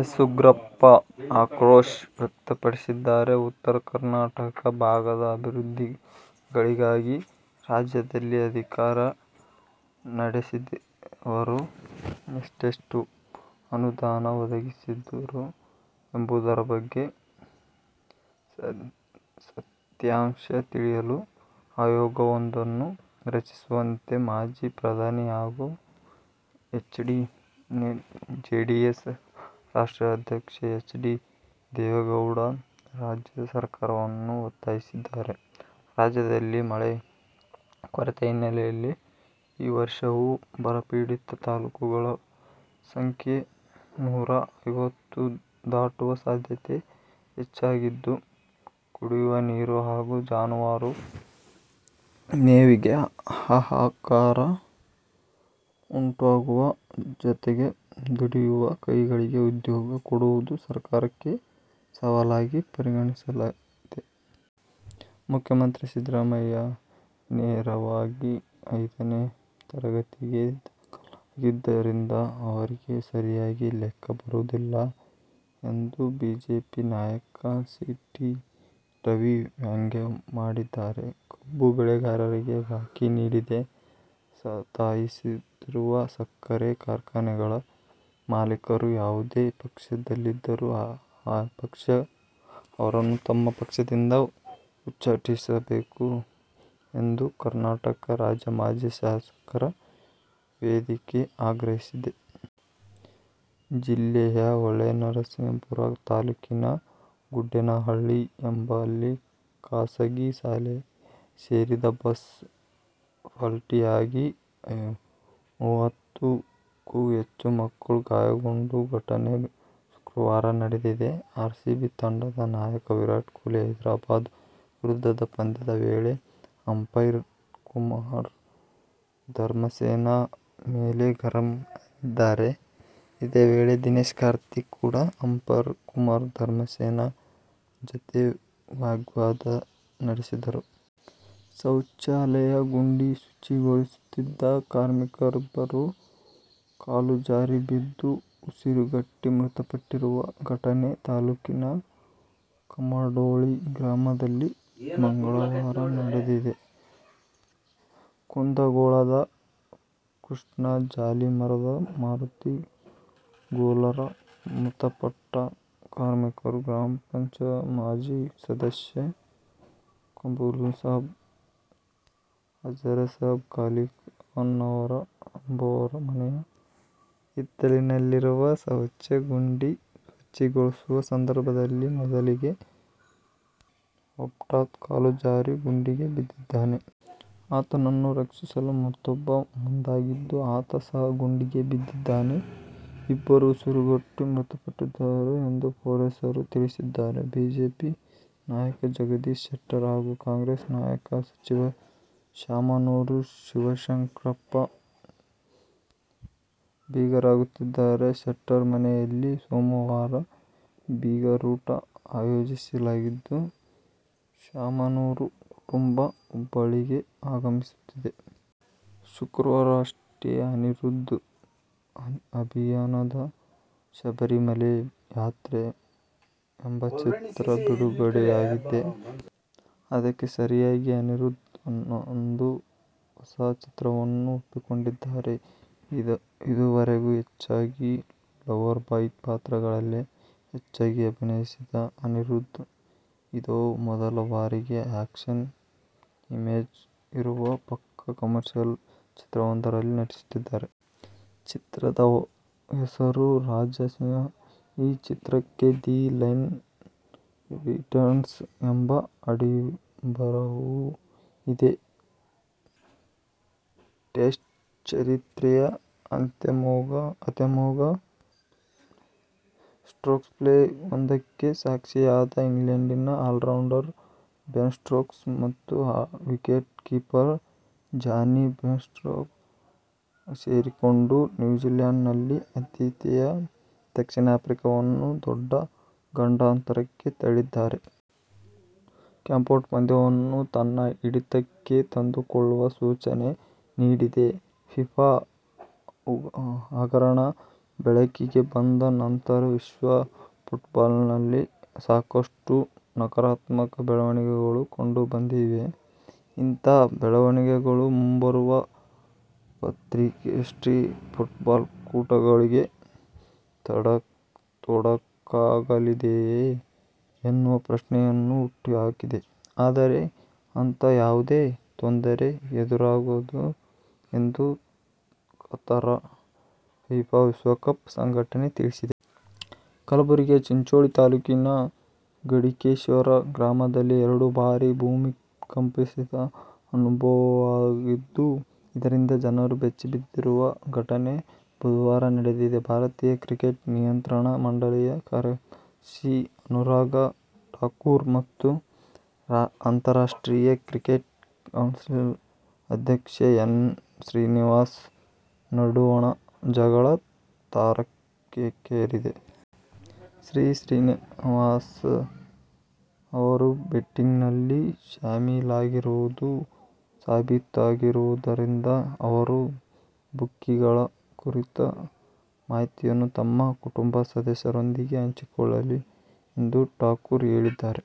S. Ugrappa ಆಕ್ರೋಶ ವ್ಯಕ್ತಪಡಿಸಿದ್ದಾರೆ. ಉತ್ತರ ಕರ್ನಾಟಕ ಭಾಗದ ಅಭಿವೃದ್ಧಿಗಳಿಗಾಗಿ ರಾಜ್ಯದಲ್ಲಿ ಅಧಿಕಾರ ನಡೆಸಿದವರು ಎಷ್ಟೆಷ್ಟು ಅನುದಾನ ಒದಗಿಸಿದ್ದರು ಎಂಬುದರ ಬಗ್ಗೆ ಸತ್ಯಾಂಶ ತಿಳಿಯಲು ಆಯೋಗವೊಂದನ್ನು ರಚಿಸುವಂತೆ ಮಾಜಿ ಪ್ರಧಾನಿ ಹಾಗೂ ಜೆಡಿಎಸ್ ರಾಷ್ಟ್ರೀಯ ಅಧ್ಯಕ್ಷ ಎಚ್. ಡಿ. ದೇವೇಗೌಡ ರಾಜ್ಯ ಸರ್ಕಾರವನ್ನು ಒತ್ತಾಯಿಸಿದ್ದಾರೆ. ರಾಜ್ಯದಲ್ಲಿ ಮಳೆ ಕೊರತೆ ಹಿನ್ನೆಲೆಯಲ್ಲಿ ಈ ವರ್ಷವೂ ಬರಪೀಡಿತ ತಾಲೂಕುಗಳ ಸಂಖ್ಯೆ ನೂರಾ ಐವತ್ತು ದಾಟುವ ಸಾಧ್ಯತೆ ಹೆಚ್ಚಾಗಿದ್ದು, ಕುಡಿಯುವ ನೀರು ಹಾಗೂ ಜಾನುವಾರು ಮೇವಿಗೆ ಹಾಹಾಕಾರ ಉಂಟಾಗುವ ಜತೆಗೆ ದುಡಿಯುವ ಕೈಗಳಿಗೆ ಉದ್ಯೋಗ ಕೊಡುವುದು ಸರ್ಕಾರಕ್ಕೆ ಸವಾಲಾಗಿ ಪರಿಣಮಿಸಲಿದೆ. ಮುಖ್ಯಮಂತ್ರಿ ಸಿದ್ದರಾಮಯ್ಯ ನೇರವಾಗಿ ಐದನೇ ತರಗತಿಗೆ ದಾಖಲಾಗಿದ್ದರಿಂದ ಅವರಿಗೆ ಸರಿಯಾಗಿ ಲೆಕ್ಕಬರುವುದಿಲ್ಲ ಎಂದು ಬಿಜೆಪಿ ನಾಯಕ ಸಿ. ಟಿ. ರವಿ ವ್ಯಂಗ್ಯವಾಡಿದ್ದಾರೆ. ಕಬ್ಬು ಬೆಳೆಗಾರರಿಗೆ ಬಾಕಿ ನೀಡದೆ ಸತಾಯಿಸುತ್ತಿರುವ ಸಕ್ಕರೆ ಕಾರ್ಖಾನೆಗಳ ಮಾಲೀಕರು ಯಾವುದೇ ಪಕ್ಷದಲ್ಲಿದ್ದರೂ ಆಯಾ ಪಕ್ಷಗಳು ಅವರನ್ನು ತಮ್ಮ ಪಕ್ಷದಿಂದ ಉಚ್ಚಾಟಿಸಬೇಕು ಎಂದು ಕರ್ನಾಟಕ ರಾಜ್ಯ ಮಾಜಿ ಶಾಸಕರ ವೇದಿಕೆ ಆಗ್ರಹಿಸಿದೆ. ಜಿಲ್ಲೆಯ ಹೊಳೆನರಸಿಪುರ ತಾಲೂಕಿನ ಗುಡ್ಡೇನಹಳ್ಳಿ ಎಂಬಲ್ಲಿಖಾಸಗಿ ಶಾಲೆಗೆ ಸೇರಿದ ಬಸ್ ಪಲ್ಟಿಯಾಗಿ ಮುವತ್ತು ಕ್ಕೂ ಹೆಚ್ಚು ಮಕ್ಕಳು ಗಾಯಗೊಂಡ ಘಟನೆ ಶುಕ್ರವಾರ ನಡೆದಿದೆ. ಆರ್ಸಿಬಿ ತಂಡದ ನಾಯಕ ವಿರಾಟ್ ಕೊಹ್ಲಿ ಹೈದ್ರಾಬಾದ್ ವಿರುದ್ಧದ ಪಂದ್ಯದ ವೇಳೆ ಅಂಪೈರ್ ಕುಮಾರ ಧರ್ಮಸೇನಾ ಮೇಲೆ ಗರಂ ಆಗಿದ್ದಾರೆ. ಇದೇ ವೇಳೆ ದಿನೇಶ್ ಕಾರ್ತಿಕ್ ಕೂಡ ಅಂಪೈರ್ ಕುಮಾರ ಧರ್ಮಸೇನಾ ಜತೆ ವಾಗ್ವಾದ ನಡೆಸಿದರು. ಶೌಚಾಲಯ ಗುಂಡಿ ಶುಚಿಗೊಳಿಸುತ್ತಿದ್ದ ಕಾರ್ಮಿಕರಿಬ್ಬರು ಕಾಲುಜಾರಿ ಬಿದ್ದು ಉಸಿರುಗಟ್ಟಿ ಮೃತಪಟ್ಟಿರುವ ಘಟನೆ ತಾಲೂಕಿನ ಕಮಡೊಳ್ಳಿ ಗ್ರಾಮದಲ್ಲಿ ಮಂಗಳವಾರ ನಡೆದಿದೆ. ಕುಂದಗೋಳದ ಕೃಷ್ಣ ಜಾಲಿಮರದ, ಮಾರುತಿ ಗೊಲ್ಲರ ಮೃತಪಟ್ಟ ಕಾರ್ಮಿಕರು. ಗ್ರಾಪಂ ಮಾಜಿ ಸದಸ್ಯ ಮಕಬುಲ್ಸಾಬ ಹಜರೇಸಾಬ ಅಲ್ಲಿಖಾನವರ ಎಂಬುವರ ಮನೆಯ ಹಿತ್ತಲಿನಲ್ಲಿರುವ ಶೌಚ ಗುಂಡಿ ಸ್ವತ್ಛಗೊಳಿಸುವ ಸಂದರ್ಭದಲ್ಲಿ ಮೊದಲಿಗೆ ಒಬ್ಟಾತ ಕಾಲುಜಾರಿ ಗುಂಡಿಗೆ ಬಿದ್ದಿದ್ದಾನೆ. ಆತನನ್ನು ರಕ್ಷಿಸಲು ಮತ್ತೂಬ್ಬ ಮುಂದಾಗಿದ್ದು, ಆತ ಸಹ ಗುಂಡಿಗೆ ಬಿದ್ದಿದ್ದಾನೆ. ಇಬ್ಬರೂ ಉಸಿರುಗಟ್ಟಿ ಮೃತಪಟ್ಟಿದ್ದಾರೆ ಎಂದು ಪೊಲೀಸರು ತಿಳಿಸಿದ್ದಾರೆ. ಬಿಜೆಪಿ ನಾಯಕ ಜಗದೀಶ ಶೆಟ್ಟರ್ ಹಾಗೂ ಕಾಂಗ್ರೆಸ್ ನಾಯಕ, ಸಚಿವ ಶಾಮನೂರು ಶಿವಶಂಕರಪ್ಪ ಬೀಗರಾಗುತ್ತಿದ್ದಾರೆ. ಶೆಟ್ಟರ್ ಮನೆಯಲ್ಲಿ ಸೋಮವಾರ ಬೀಗರೂಟ ಆಯೋಜಿಸಲಾಗಿದ್ದು, ಶಾಮನೂರು ಕುಟುಂಬ ಹುಬ್ಬಳ್ಳಿಗೆ ಆಗಮಿಸುತ್ತಿದೆ. ಶುಕ್ರವಾರವಷ್ಟೇ ಅನಿರುದ್ಧ್ ಅಭಿನಯದ ಶಬರಿಮಲೆ ಯಾತ್ರೆ ಎಂಬ ಚಿತ್ರ ಬಿಡುಗಡೆಯಾಗಿದೆ. ಅದಕ್ಕೆ ಸರಿಯಾಗಿ ಅನಿರುದ್ಧ್ ಇನ್ನೊಂದು ಹೊಸ ಚಿತ್ರವನ್ನು ಒಪ್ಪಿಕೊಂಡಿದ್ದಾರೆ. ಇದುವರೆಗೂ ಹೆಚ್ಚಾಗಿ ಲವ್ವರ್ ಬಾಯ್ ಪಾತ್ರಗಳಲ್ಲೇ ಹೆಚ್ಚಾಗಿ ಅಭಿನಯಿಸಿದ್ದ ಅನಿರುದ್ಧ್, ಇದೋ ಮೊದಲ ಬಾರಿಗೆ ಆ್ಯಕ್ಷನ್ ಇಮೇಜ್ ಇರುವ ಪಕ್ಕಾ ಕಮರ್ಷಿಯಲ್ ಚಿತ್ರವೊಂದರಲ್ಲಿ ನಟಿಸುತ್ತಿದ್ದಾರೆ. ಚಿತ್ರದ ಹೆಸರು ರಾಜ ಸಿಂಹ. ಈ ಚಿತ್ರಕ್ಕೆ ದಿ ಲೈನ್ ರಿಟರ್ನ್ಸ್ ಎಂಬ ಅಡಿಬರಹವೂ ಇದೆ. ಟೆಸ್ಟ್ ಚರಿತ್ರೆಯ ಅತ್ಯಮೋಘ ಸ್ಟ್ರೋಕ್ಸ್ ಪ್ಲೇ ಒಂದಕ್ಕೆ ಸಾಕ್ಷಿಯಾದ ಇಂಗ್ಲೆಂಡಿನ ಆಲ್ರೌಂಡರ್ ಬೆನ್ ಸ್ಟೋಕ್ಸ್ ಮತ್ತು ವಿಕೆಟ್ ಕೀಪರ್ ಜಾನಿ ಬೇರ್ಸ್ಟೊ ಸೇರಿಕೊಂಡು ನ್ಯೂಲ್ಯಾಂಡ್ಸ್ ನಲ್ಲಿ ಆತಿಥೇಯ ದಕ್ಷಿಣ ಆಫ್ರಿಕಾವನ್ನು ದೊಡ್ಡ ಗಂಡಾಂತರಕ್ಕೆ ತಳ್ಳಿದ್ದಾರೆ. ಕೇಪ್ಟೌನ್ ಪಂದ್ಯವನ್ನೂ ತನ್ನ ಹಿಡಿತಕ್ಕೆ ತಂದುಕೊಳ್ಳುವ ಸೂಚನೆ ನೀಡಿದೆ. ಫಿಫಾ ಹಗರಣ ಬೆಳಕಿಗೆ ಬಂದ ಅನಂತರ ವಿಶ್ವ ಫುಟ್ಬಾಲ್ನಲ್ಲಿ ಸಾಕಷ್ಟು ನಕಾರಾತ್ಮಕ ಬೆಳವಣಿಗೆಗಳು ಕಂಡುಬಂದಿವೆ. ಇಂಥ ಬೆಳವಣಿಗೆಗಳು ಮುಂಬರುವ ಪ್ರತಿಷ್ಠಿತ ಫುಟ್ಬಾಲ್ ಕೂಟಗಳಿಗೆ ತೊಡಕಾಗಲಿದೆಯೇ ಎನ್ನುವ ಪ್ರಶ್ನೆಯನ್ನು ಹುಟ್ಟು ಹಾಕಿದೆ. ಆದರೆ ಅಂಥ ಯಾವುದೇ ತೊಂದರೆ ಎದುರಾಗದು ಎಂದು ಕತಾರ್ ಫಿಫಾ ವಿಶ್ವಕಪ್ ಸಂಘಟನೆ ತಿಳಿಸಿದೆ. ಕಲಬುರಗಿಯ ಚಿಂಚೋಳಿ ತಾಲೂಕಿನ ಗಡಿಕೇಶ್ವರ ಗ್ರಾಮದಲ್ಲಿ ಎರಡು ಬಾರಿ ಭೂಮಿ ಕಂಪಿಸಿದ ಅನುಭವವಾಗಿದ್ದು, ಇದರಿಂದ ಜನರು ಬೆಚ್ಚಿಬಿದ್ದಿರುವ ಘಟನೆ ಬುಧವಾರ ನಡೆದಿದೆ. ಭಾರತೀಯ ಕ್ರಿಕೆಟ್ ನಿಯಂತ್ರಣ ಮಂಡಲಿಯ ಕಾರ್ಯದರ್ಶಿ ಅನುರಾಗ್ ಠಾಕೂರ್ ಮತ್ತು ಅಂತಾರಾಷ್ಟ್ರೀಯ ಕ್ರಿಕೆಟ್ ಕೌನ್ಸಿಲ್ ಅಧ್ಯಕ್ಷ ಎನ್. ಶ್ರೀನಿವಾಸನ್ ನಡುವಣ ಜಗಳ ತಾರಕಕ್ಕೇರಿದೆ. ಶ್ರೀನಿವಾಸನ್ ಅವರು ಬೆಟ್ಟಿಂಗ್ನಲ್ಲಿ ಶಾಮೀಲಾಗಿರುವುದು ಸಾಬೀತಾಗಿರುವುದರಿಂದ ಅವರು ಬುಕ್ಕಿಗಳ ಕುರಿತ ಮಾಹಿತಿಯನ್ನು ತಮ್ಮ ಕುಟುಂಬ ಸದಸ್ಯರೊಂದಿಗೆ ಹಂಚಿಕೊಳ್ಳಲಿ ಎಂದು ಠಾಕೂರ್ ಹೇಳಿದ್ದಾರೆ.